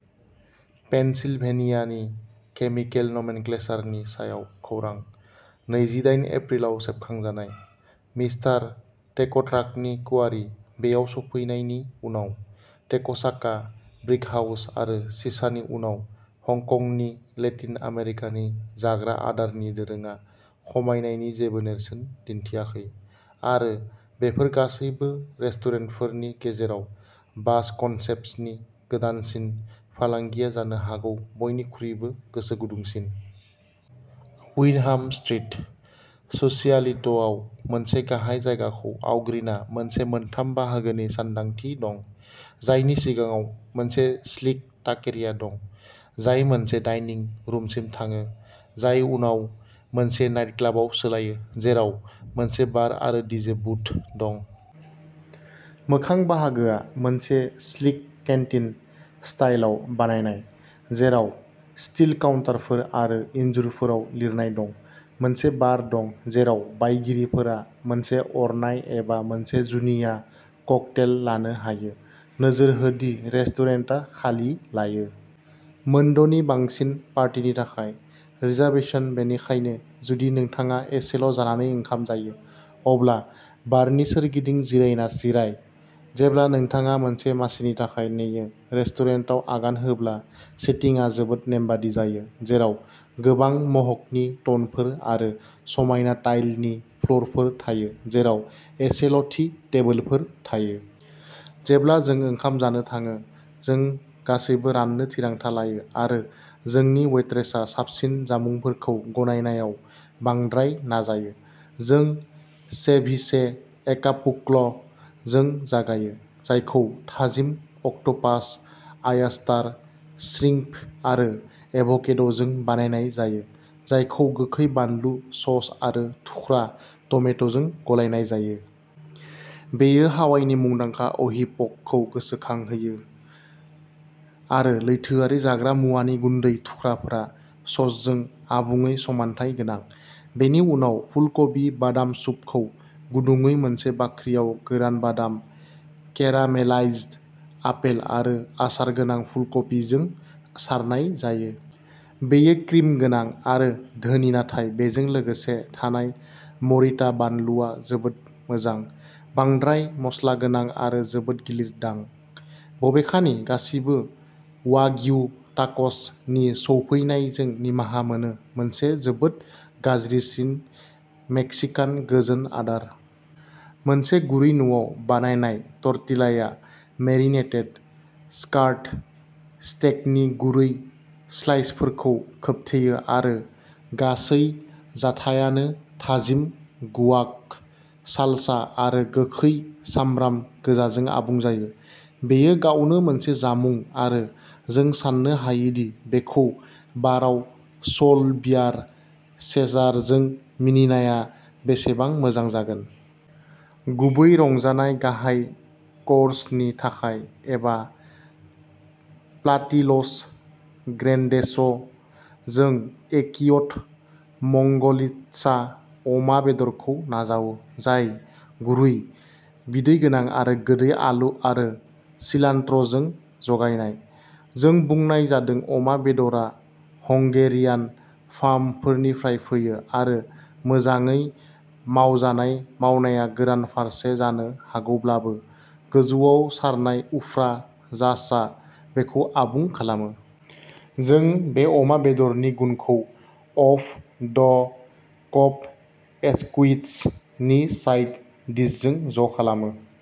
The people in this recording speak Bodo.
पेनसिलभेनियानि। केमिकेल नमेनक्लेचारनि सायाव खौरां। नैजिदायेन एप्रिल आव सेबखांजानाय। मिस्टार टेक'ट्राकनि क्वारी बेआव सफैनायनि उनाव, टेक'चाका, ब्रिकहाउस आरो चिचानि उनाव, हंकंनि लेटिन आमेरिकानि जाग्रा आदारनि दोरोंआ खमायनायनि जेबो नेरसोन दिन्थियाखै। आरो, बेफोर गासैबो रेस्टुरेन्टफोरनि गेजेराव, बाज कन्सेप्ट्सनि गोदानसिन फालांगिया जानो हागौ बयनिख्रुइबो गोसो गुदुंसिन। विन्डहाम स्ट्रीट, सोसियालित' आव मोनसे गाहाय जायगाखौ आवग्रिना मोनसे मोनथाम बाहागोनि सानदांथि दं, जायनि सिगाङाव मोनसे स्लिक टाकेरिया दं, जाय मोनसे डाइनिं रुमसिम थाङो, जाय उनाव मोनसे नाइटक्लाबाव सोलायो, जेराव मोनसे बार आरो डीजे बुथ दं। मोखां बाहागोआ, मोनसे स्लिक केन्टिन स्टाइलआव बानायनाय, जेराव स्टील काउन्टारफोर आरो इन्जुरफोराव लिरनाय दं, मोनसे बार दं जेराव बायगिरिफोरा मोनसे अरनाय एबा मोनसे जुनिया ककटेल लानो हायो। नोजोर हो दि रेस्टुरेन्टआ खालि लायो। मोनद'नि बांसिन पार्टिनि थाखाय रिजार्भेसन-बेनिखायनो जुदि नोंथाङा एसेल' जानानै ओंखाम जायो, अब्ला बारनि सोरगिदिं जिरायना जिराय, जेब्ला नोंथाङा मोनसे मासिनि थाखाय नेयो। रेस्टुरेन्टआव आगान होब्ला सेटिंआ जोबोद नेमबादि जायो, जेराव गोबां मह'गनि टनफोर आरो समायना टाइलनि फ्ल'रफोर थायो, जेराव एसेल'थि टेबोलफोर थायो। जेब्ला जों ओंखाम जानो थाङो, जों गासैबो राननो थिरांथा लायो आरो जोंनि वेट्रेसआ साबसिन जामुंफोरखौ गनायनायाव बांद्राय नाजायो। जों सेभिचे एकापुल्क' जों जागायो, जायखौ थाजिम अक्ट'पास, आयस्टार, श्रिंप आरो एभ'केड'जों बानायनाय जायो, जायखौ गोखै बानलु सस आरो थुख्रा टमेट'जों गलायनाय जायो। बेयो हावाइनि मुंदांखा अहि पकखौ गोसोखांहोयो आरो लैथोआरि जाग्रा मुवानि गुन्दै थुख्राफोरा ससजों आबुङै समानथाय गोनां। बेनि उनाव फुलकबि बादाम सुप खौ गुदुंयै मोनसे बाख्रियाव गोरान बादाम, केरामेलाइज्ड आपेल आरो आसार गोनां फुलकबिजों सारनाय जायो। बेयो क्रिम गोनां आरो धोनि नाथाय बेजों लोगोसे थानाय मरिटा बानलुआ जोबोद मोजां। बांद्राय मस्लागोनां आरो जोबोद गिलिर दां। बबेखानि, गासिबो वाग्यु टाक'स नि सौफैनायजों निमाहा मोनो मोनसे जोबोद गाज्रिसिन मेक्सिकान गोजोन आदार। मोनसे गुरै न'आव बानायनाय टर्टिलाया मेरिनेटेड स्कार्ट स्टेकनि गुरै स्लाइसफोरखौ खोबथेयो आरो गासै जाथायानो थाजिम गुआक, सालसा आरो गोखै सामब्राम गोजाजों आबुं जायो। बेयो गावनो मोनसे जामुं आरो जों साननो हायोदि बेखौ बारआव स'ल बियार चेजारजों मिनिनाया बेसेबां मोजां जागोन। गुबै रंजानाय गाहाय क'र्सनि थाखाय एबा' प्लाटिल'स ग्रेन्डेस' जों एकिय'ट मंगलित्सा अमा बेदरखौ नाजावो, जाय गुरै, बिदै गोनां आरो गोदै आलु आरो सिलान्ट्र'जों जगायनाय। जों बुंनाय जादों अमा बेदरआ हंगेरियान फार्मफोरनिफ्राय फैयो आरो मोजाङै मावजानाय मावनाया गोरान फारसे जानो हागौब्लाबो, गोजौआव सारनाय उफ्रा जासआ बेखौ आबुं खालामो। जों बे अमा बेदरनि गुनखौ अफ द कब एस्कुइट्स नि साइड डिशजों ज'खालामो।